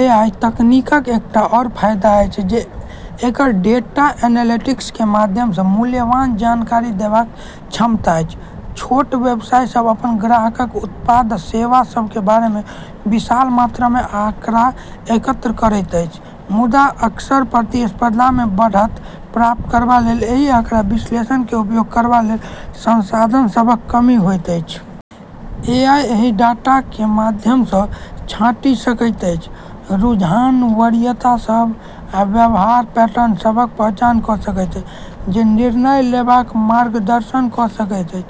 AI तकनीकक एकटा आओर फायदा अछि जे एकर डेटा एनालिटिक्स क माध्यम सँ मूल्यवान जानकारी देबाक क्षमता अछि। छोट व्यवसाय सभ अपन ग्राहकक, उत्पाद आ सेवा सभक बारे मे विशाल मात्रामे आँकड़ा एकत्र करैत अछि, मुदा अक्सर प्रतिस्पर्धा मे बढ़त प्राप्त करबा लेल एहि आँकड़ाक विश्लेषण आ उपयोग करबा लेल संसाधन सभक कमी होइत अछि। एआई एहि डेटाक माध्यम सँ छाँटि सकैत अछि, रुझान, वरीयता सभ, आ व्यवहार पैटर्न सभक पहचान कइ सकैत अछि जे निर्णय लेबाक मार्गदर्शन कइ सकैत अछि,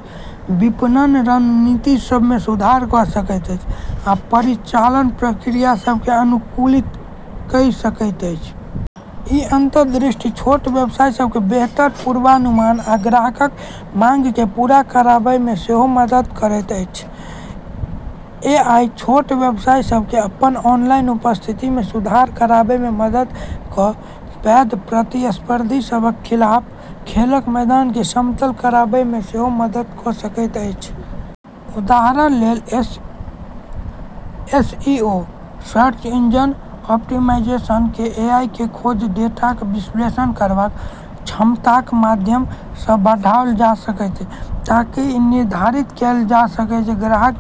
विपणन रणनीति सभ मे सुधार कइ सकैत अछि, आ परिचालन प्रक्रिया सभ केँ अनुकूलित कइ सकैत अछि। ई अंतर्दृष्टि छोट व्यवसाय सभ केँ बेहतर पूर्वानुमान आ ग्राहकक माँग केँ पूरा करबामे सेहो मदद कइ सकैत अछि। एआई छोट व्यवसाय सभ केँ अपन ऑनलाइन उपस्थिति मे सुधार करबामे मदद कऽ पैघ प्रतिस्पर्धी सभक खिलाफ खेलक मैदान केँ समतल करबामे सेहो मदद कइ सकैत अछि। उदाहरण लेल, एसईओ (सर्च इंजन ऑप्टिमाइजेशन) केँ एआई क खोज डेटाक विश्लेषण करबाक क्षमताक माध्यम सँ बढ़ाओल जा सकैत अछि ताकि ई निर्धारित कएल जा सकए जे ग्राहक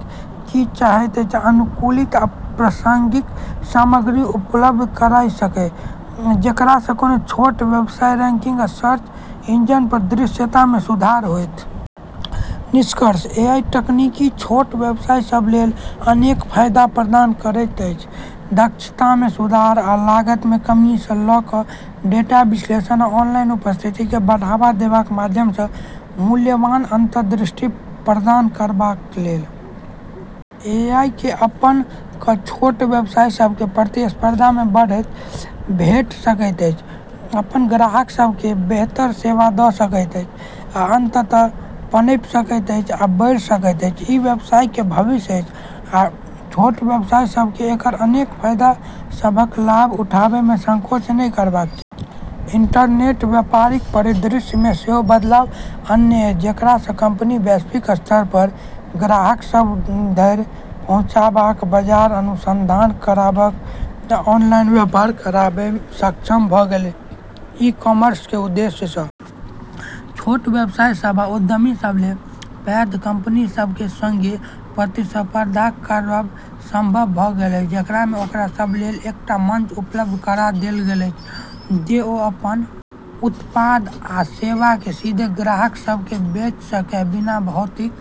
की चाहैत अछि आ अनुकूलित आ प्रासंगिक सामग्री उपलब्ध कराए सकए, जेकरा सँ कोनो छोट व्यवसायक रैंकिंग आ सर्च इंजन पर दृश्यता मे सुधार होएत। निष्कर्षतः, एआई तकनीक छोट व्यवसाय सभ लेल अनेक फायदा प्रदान करैत अछि, दक्षता मे सुधार आ लागत मे कमी सँ लऽ कऽ डेटा विश्लेषण आ ऑनलाइन उपस्थिति केँ बढ़ावा देबाक माध्यम सँ मूल्यवान अंतर्दृष्टि प्रदान करबा लेल। एआई केँ अपना कऽ छोट व्यवसाय सभ केँ प्रतिस्पर्धा मे बढ़त भेटि सकैत अछि, अपन ग्राहक सभ केँ बेहतर सेवा दऽ सकैत अछि, आ अंततः पनपि सकैत अछि आ बढ़ि सकैत अछि। ई व्यवसाय क भविष्य अछि, आ छोट व्यवसाय सभ केँ एकर अनेक फायदा सभक लाभ उठाबबामे संकोच नहि करबाक चाही। इंटरनेट व्यापारिक परिदृश्य मे सेहो बदलाव आनने अछि, जेकरा सँ कंपनी वैश्विक स्तर पर ग्राहक सभ धरि पहुँचबाक, बाजार अनुसंधान करबाक, आ ऑनलाइन व्यापार करबामे सक्षम भऽ गेल अछि। ई-कॉमर्स क उदय सँ छोट व्यवसाय सभ आ उद्यमी सभ लेल पैघ कंपनी सभ क संगे प्रतिस्पर्धा करब संभव भऽ गेल अछि, जेकरा मे ओकरा सभ लेल एकटा मंच उपलब्ध करा देल गेल अछि जे ओ अपन उत्पाद आ सेवा केँ सीधे ग्राहक सभ केँ बेचि सकए, बिना भौतिक